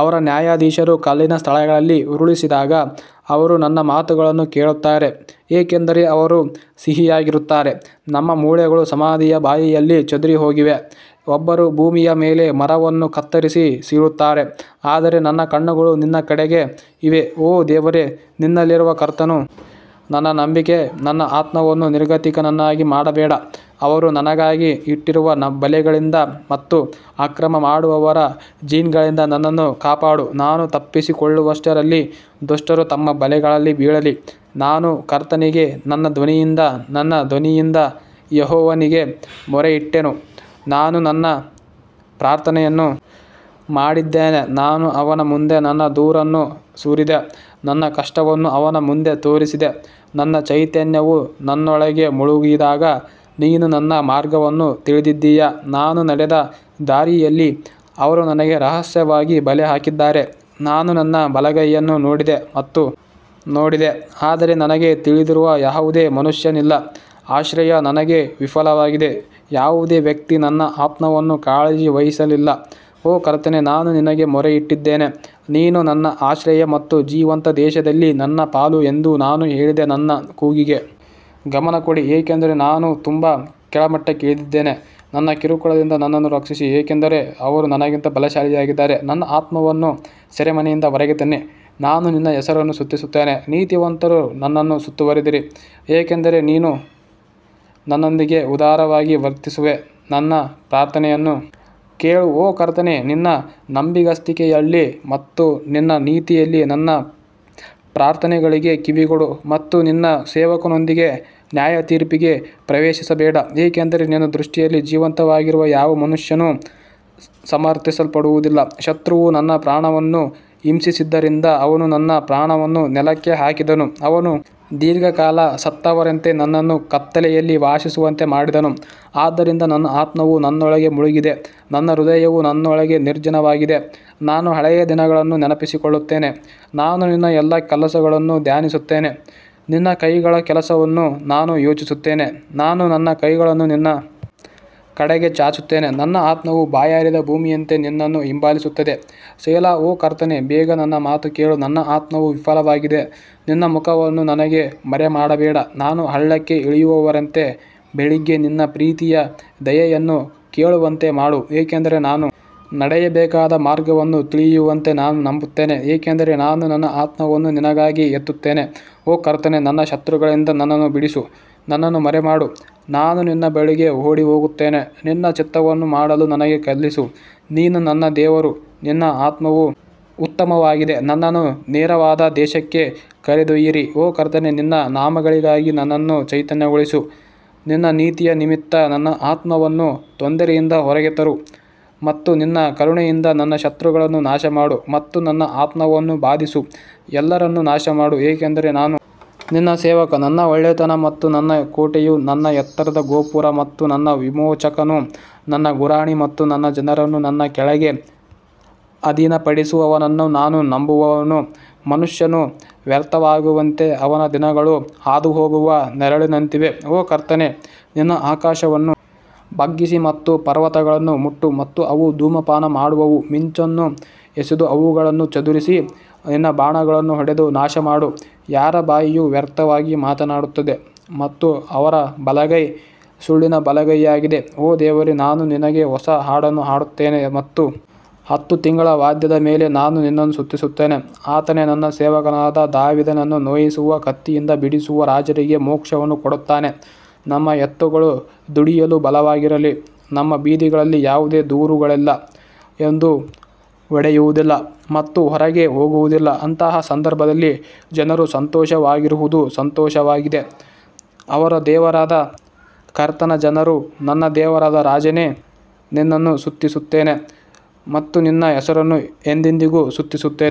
ಅವರ ನ್ಯಾಯಾಧೀಶರು ಕಲ್ಲಿನ ಸ್ಥಳಗಳಲ್ಲಿ ಉರುಳಿಸಿದಾಗ ಅವರು ನನ್ನ ಮಾತುಗಳನ್ನು ಕೇಳುತ್ತಾರೆ ಏಕೆಂದರೆ ಅವರು ಸಿಹಿಯಾಗಿರುತ್ತಾರೆ ನಮ್ಮ ಮೂಳೆಗಳು ಸಮಾಧಿಯ ಬಾಯಿಯಲ್ಲಿ ಚದುರಿಹೋಗಿವೆ, ಒಬ್ಬರು ಭೂಮಿಯ ಮೇಲೆ ಮರವನ್ನು ಕತ್ತರಿಸಿ ಸೀಳುತ್ತಾರೆ. ಆದರೆ ನನ್ನ ಕಣ್ಣುಗಳು ನಿನ್ನ ಕಡೆಗೆ ಇವೆ ಓ ದೇವರೇ, ನಿನ್ನಲ್ಲಿರುವ ಕರ್ತನು ನನ್ನ ನಂಬಿಕೆ ನನ್ನ ಆತ್ಮವನ್ನು ನಿರ್ಗತಿಕನನ್ನಾಗಿ ಮಾಡಬೇಡ ಅವರು ನನಗಾಗಿ ಇಟ್ಟಿರುವ ಬಲೆಗಳಿಂದ ಮತ್ತು ಅಕ್ರಮ ಮಾಡುವವರ ಜಿನ್ಗಳಿಂದ ನನ್ನನ್ನು ಕಾಪಾಡು ನಾನು ತಪ್ಪಿಸಿಕೊಳ್ಳುವಷ್ಟರಲ್ಲಿ ದುಷ್ಟರು ತಮ್ಮ ಬಲೆಗಳಲ್ಲಿ ಬೀಳಲಿ ನಾನು ಕರ್ತನಿಗೆ ನನ್ನ ಧ್ವನಿಯಿಂದ ನನ್ನ ಧ್ವನಿಯಿಂದ ಯೆಹೋವನಿಗೆ ಮೊರೆಯಿಟ್ಟೆನು ನಾನು ನನ್ನ ಪ್ರಾರ್ಥನೆಯನ್ನು ಮಾಡಿದ್ದೇನೆ ನಾನು ಅವನ ಮುಂದೆ ನನ್ನ ದೂರನ್ನು ಸುರಿದೆ, ನನ್ನ ಕಷ್ಟವನ್ನು ಅವನ ಮುಂದೆ ತೋರಿಸಿದೆ ನನ್ನ ಚೈತನ್ಯವು ನನ್ನೊಳಗೆ ಮುಳುಗಿದಾಗ ನೀನು ನನ್ನ ಮಾರ್ಗವನ್ನು ತಿಳಿದಿದ್ದೀಯಾ ನಾನು ನಡೆದ ದಾರಿಯಲ್ಲಿ ಅವರು ನನಗೆ ರಹಸ್ಯವಾಗಿ ಬಲೆ ಹಾಕಿದ್ದಾರೆ ನಾನು ನನ್ನ ಬಲಗೈಯನ್ನು ನೋಡಿದೆ ಮತ್ತು ನೋಡಿದೆ ಆದರೆ ನನಗೆ ತಿಳಿದಿರುವ ಯಾವುದೇ ಮನುಷ್ಯನಿಲ್ಲ ಆಶ್ರಯ ನನಗೆ ವಿಫಲವಾಗಿದೆ ಯಾವುದೇ ವ್ಯಕ್ತಿ ನನ್ನ ಆತ್ಮವನ್ನು ಕಾಳಜಿ ವಹಿಸಲಿಲ್ಲ ಓ ಕರ್ತನೇ ನಾನು ನಿನಗೆ ಮೊರೆಯಿಟ್ಟಿದ್ದೇನೆ, ನೀನು ನನ್ನ ಆಶ್ರಯ ಮತ್ತು ಜೀವಂತ ದೇಶದಲ್ಲಿ ನನ್ನ ಪಾಲು ಎಂದು ನಾನು ಹೇಳಿದೆ ನನ್ನ ಕೂಗಿಗೆ ಗಮನ ಕೊಡಿ, ಏಕೆಂದರೆ ನಾನು ತುಂಬಾ ಕೆಳಮಟ್ಟಕ್ಕಿಳಿದಿದ್ದೇನೆ, ನನ್ನ ಕಿರುಕುಳದಿಂದ ನನ್ನನ್ನು ರಕ್ಷಿಸಿ ಏಕೆಂದರೆ ಅವರು ನನಗಿಂತ ಬಲಶಾಲಿಯಾಗಿದ್ದಾರೆ ನನ್ನ ಆತ್ಮವನ್ನು ಸೆರೆಮನೆಯಿಂದ ಹೊರಗೆ ತನ್ನಿ, ನಾನು ನಿನ್ನ ಹೆಸರನ್ನು ಸ್ತುತಿಸುತ್ತೇನೆ, ನೀತಿವಂತರು ನನ್ನನ್ನು ಸುತ್ತುವರಿದಿರಿ ಏಕೆಂದರೆ ನೀನು ನನ್ನೊಂದಿಗೆ ಉದಾರವಾಗಿ ವರ್ತಿಸುವೆ ನನ್ನ ಪ್ರಾರ್ಥನೆಯನ್ನು ಕೇಳು ಓ ಕರ್ತನೇ ನಿನ್ನ ನಂಬಿಗಸ್ತಿಕೆಯಲ್ಲಿ ಮತ್ತು ನಿನ್ನ ನೀತಿಯಲ್ಲಿ ನನ್ನ ಪ್ರಾರ್ಥನೆಗಳಿಗೆ ಕಿವಿಗೊಡು ಮತ್ತು ನಿನ್ನ ಸೇವಕನೊಂದಿಗೆ ನ್ಯಾಯತೀರ್ಪಿಗೆ ಪ್ರವೇಶಿಸಬೇಡ ಏಕೆಂದರೆ ನಿನ್ನ ದೃಷ್ಟಿಯಲ್ಲಿ ಜೀವಂತವಾಗಿರುವ ಯಾವ ಮನುಷ್ಯನೂ ಸಮರ್ಥಿಸಲ್ಪಡುವುದಿಲ್ಲ ಶತ್ರುವು ನನ್ನ ಪ್ರಾಣವನ್ನು ಹಿಂಸಿಸಿದ್ದರಿಂದ ಅವನು ನನ್ನ ಪ್ರಾಣವನ್ನು ನೆಲಕ್ಕೆ ಹಾಕಿದನು, ಅವನು ದೀರ್ಘಕಾಲ ಸತ್ತವರಂತೆ ನನ್ನನ್ನು ಕತ್ತಲೆಯಲ್ಲಿ ವಾಸಿಸುವಂತೆ ಮಾಡಿದನು ಆದ್ದರಿಂದ ನನ್ನ ಆತ್ಮವು ನನ್ನೊಳಗೆ ಮುಳುಗಿದೆ, ನನ್ನ ಹೃದಯವು ನನ್ನೊಳಗೆ ನಿರ್ಜನವಾಗಿದೆ ನಾನು ಹಳೆಯ ದಿನಗಳನ್ನು ನೆನಪಿಸಿಕೊಳ್ಳುತ್ತೇನೆ, ನಾನು ನಿನ್ನ ಎಲ್ಲಾ ಕೆಲಸಗಳನ್ನು ಧ್ಯಾನಿಸುತ್ತೇನೆ, ನಿನ್ನ ಕೈಗಳ ಕೆಲಸವನ್ನು ನಾನು ಯೋಚಿಸುತ್ತೇನೆ ನಾನು ನನ್ನ ಕೈಗಳನ್ನು ನಿನ್ನ ಕಡೆಗೆ ಚಾಚುತ್ತೇನೆ ನನ್ನ ಆತ್ಮವು ಬಾಯಾರಿದ ಭೂಮಿಯಂತೆ ನಿನ್ನನ್ನು ಹಿಂಬಾಲಿಸುತ್ತದೆ ಸೆಲಾ ಓ ಕರ್ತನೇ ಬೇಗ ನನ್ನ ಮಾತು ಕೇಳು ನನ್ನ ಆತ್ಮವು ವಿಫಲವಾಗಿದೆ ನಿನ್ನ ಮುಖವನ್ನು ನನಗೆ ಮರೆಮಾಡಬೇಡ ನಾನು ಹಳ್ಳಕ್ಕೆ ಇಳಿಯುವವರಂತೆ ಬೆಳಿಗ್ಗೆ ನಿನ್ನ ಪ್ರೀತಿಯ ದಯೆಯನ್ನು ಕೇಳುವಂತೆ ಮಾಡು, ಏಕೆಂದರೆ ನಾನು ನಡೆಯಬೇಕಾದ ಮಾರ್ಗವನ್ನು ತಿಳಿಯುವಂತೆ ನಾನು ನಂಬುತ್ತೇನೆ, ಏಕೆಂದರೆ ನಾನು ನನ್ನ ಆತ್ಮವನ್ನು ನಿನಗಾಗಿ ಎತ್ತುತ್ತೇನೆ ಓ ಕರ್ತನೇ ನನ್ನ ಶತ್ರುಗಳಿಂದ ನನ್ನನ್ನು ಬಿಡಿಸು, ನನ್ನನ್ನು ಮರೆಮಾಡಲು ನಾನು ನಿನ್ನ ಬಳಿಗೆ ಓಡಿಹೋಗುತ್ತೇನೆ ನಿನ್ನ ಚಿತ್ತವನ್ನು ಮಾಡಲು ನನಗೆ ಕಲಿಸು, ನೀನು ನನ್ನ ದೇವರು, ನಿನ್ನ ಆತ್ಮವು ಉತ್ತಮವಾಗಿದೆ ನನ್ನನ್ನು ನೇರವಾದ ದೇಶಕ್ಕೆ ಕರೆದೊಯ್ಯಿರಿ ಓ ಕರ್ತನೇ ನಿನ್ನ ನಾಮಗಳಿಗಾಗಿ ನನ್ನನ್ನು ಚೈತನ್ಯಗೊಳಿಸು ನಿನ್ನ ನೀತಿಯ ನಿಮಿತ್ತ ನನ್ನ ಆತ್ಮವನ್ನು ತೊಂದರೆಯಿಂದ ಹೊರಗೆ ತರು ಮತ್ತು ನಿನ್ನ ಕರುಣೆಯಿಂದ ನನ್ನ ಶತ್ರುಗಳನ್ನು ನಾಶಮಾಡು ಮತ್ತು ನನ್ನ ಆತ್ಮವನ್ನು ಬಾಧಿಸುವ ಎಲ್ಲರನ್ನು ನಾಶಮಾಡು, ಏಕೆಂದರೆ ನಾನು ನಿನ್ನ ಸೇವಕ ನನ್ನ ಒಳ್ಳೆಯತನ ಮತ್ತು ನನ್ನ ಕೋಟೆಯು ನನ್ನ ಎತ್ತರದ ಗೋಪುರ ಮತ್ತು ನನ್ನ ವಿಮೋಚಕನು ನನ್ನ ಗುರಾಣಿ ಮತ್ತು ನನ್ನ ಜನರನ್ನು ನನ್ನ ಕೆಳಗೆ ಅಧೀನಪಡಿಸುವವನನ್ನು ನಾನು ನಂಬುವವನು ಮನುಷ್ಯನು ವ್ಯರ್ಥವಾಗುವಂತೆ ಅವನ ದಿನಗಳು ಹಾದುಹೋಗುವ ನೆರಳಿನಂತಿವೆ ಓ ಕರ್ತನೇ ನಿನ್ನ ಆಕಾಶವನ್ನು ಬಗ್ಗಿಸಿ ಮತ್ತು ಪರ್ವತಗಳನ್ನು ಮುಟ್ಟು ಮತ್ತು ಅವು ಧೂಮಪಾನ ಮಾಡುವವು ಮಿಂಚನ್ನು ಎಸೆದು ಅವುಗಳನ್ನು ಚದುರಿಸಿ ನಿನ್ನ ಬಾಣಗಳನ್ನು ಹೊಡೆದು ನಾಶಮಾಡು ಯಾರ ಬಾಯಿಯು ವ್ಯರ್ಥವಾಗಿ ಮಾತನಾಡುತ್ತದೆ ಮತ್ತು ಅವರ ಬಲಗೈ ಸುಳ್ಳಿನ ಬಲಗೈಯಾಗಿದೆ ಓ ದೇವರೇ, ನಾನು ನಿನಗೆ ಹೊಸ ಹಾಡನ್ನು ಹಾಡುತ್ತೇನೆ ಮತ್ತು ಹತ್ತು ತಂತಿಗಳ ವಾದ್ಯದ ಮೇಲೆ ನಾನು ನಿನ್ನನ್ನು ಸ್ತುತಿಸುತ್ತೇನೆ ಆತನೇ ತನ್ನ ಸೇವಕನಾದ ದಾವೀದನನ್ನು ನೋಯಿಸುವ ಕತ್ತಿಯಿಂದ ಬಿಡಿಸುವ ರಾಜರಿಗೆ ಮೋಕ್ಷವನ್ನು ಕೊಡುತ್ತಾನೆ ನಮ್ಮ ಎತ್ತುಗಳು ದುಡಿಯಲು ಬಲವಾಗಿರಲಿ, ನಮ್ಮ ಬೀದಿಗಳಲ್ಲಿ ಯಾವುದೇ ದೂರುಗಳಿಲ್ಲ ಎಂದು ಒಡೆಯುವುದಿಲ್ಲ ಮತ್ತು ಹೊರಗೆ ಹೋಗುವುದಿಲ್ಲ ಅಂತಹ ಸಂದರ್ಭದಲ್ಲಿ ಜನರು ಸಂತೋಷವಾಗಿರುವುದು ಸಂತೋಷವಾಗಿದೆ, ಅವರ ದೇವರಾದ ಕರ್ತನ ಜನರು ನನ್ನ ದೇವರಾದ ರಾಜನೇ ನಿನ್ನನ್ನು ಸ್ತುತಿಸುತ್ತೇನೆ ಮತ್ತು ನಿನ್ನ ಹೆಸರನ್ನು ಎಂದೆಂದಿಗೂ ಸ್ತುತಿಸುತ್ತೇನೆ.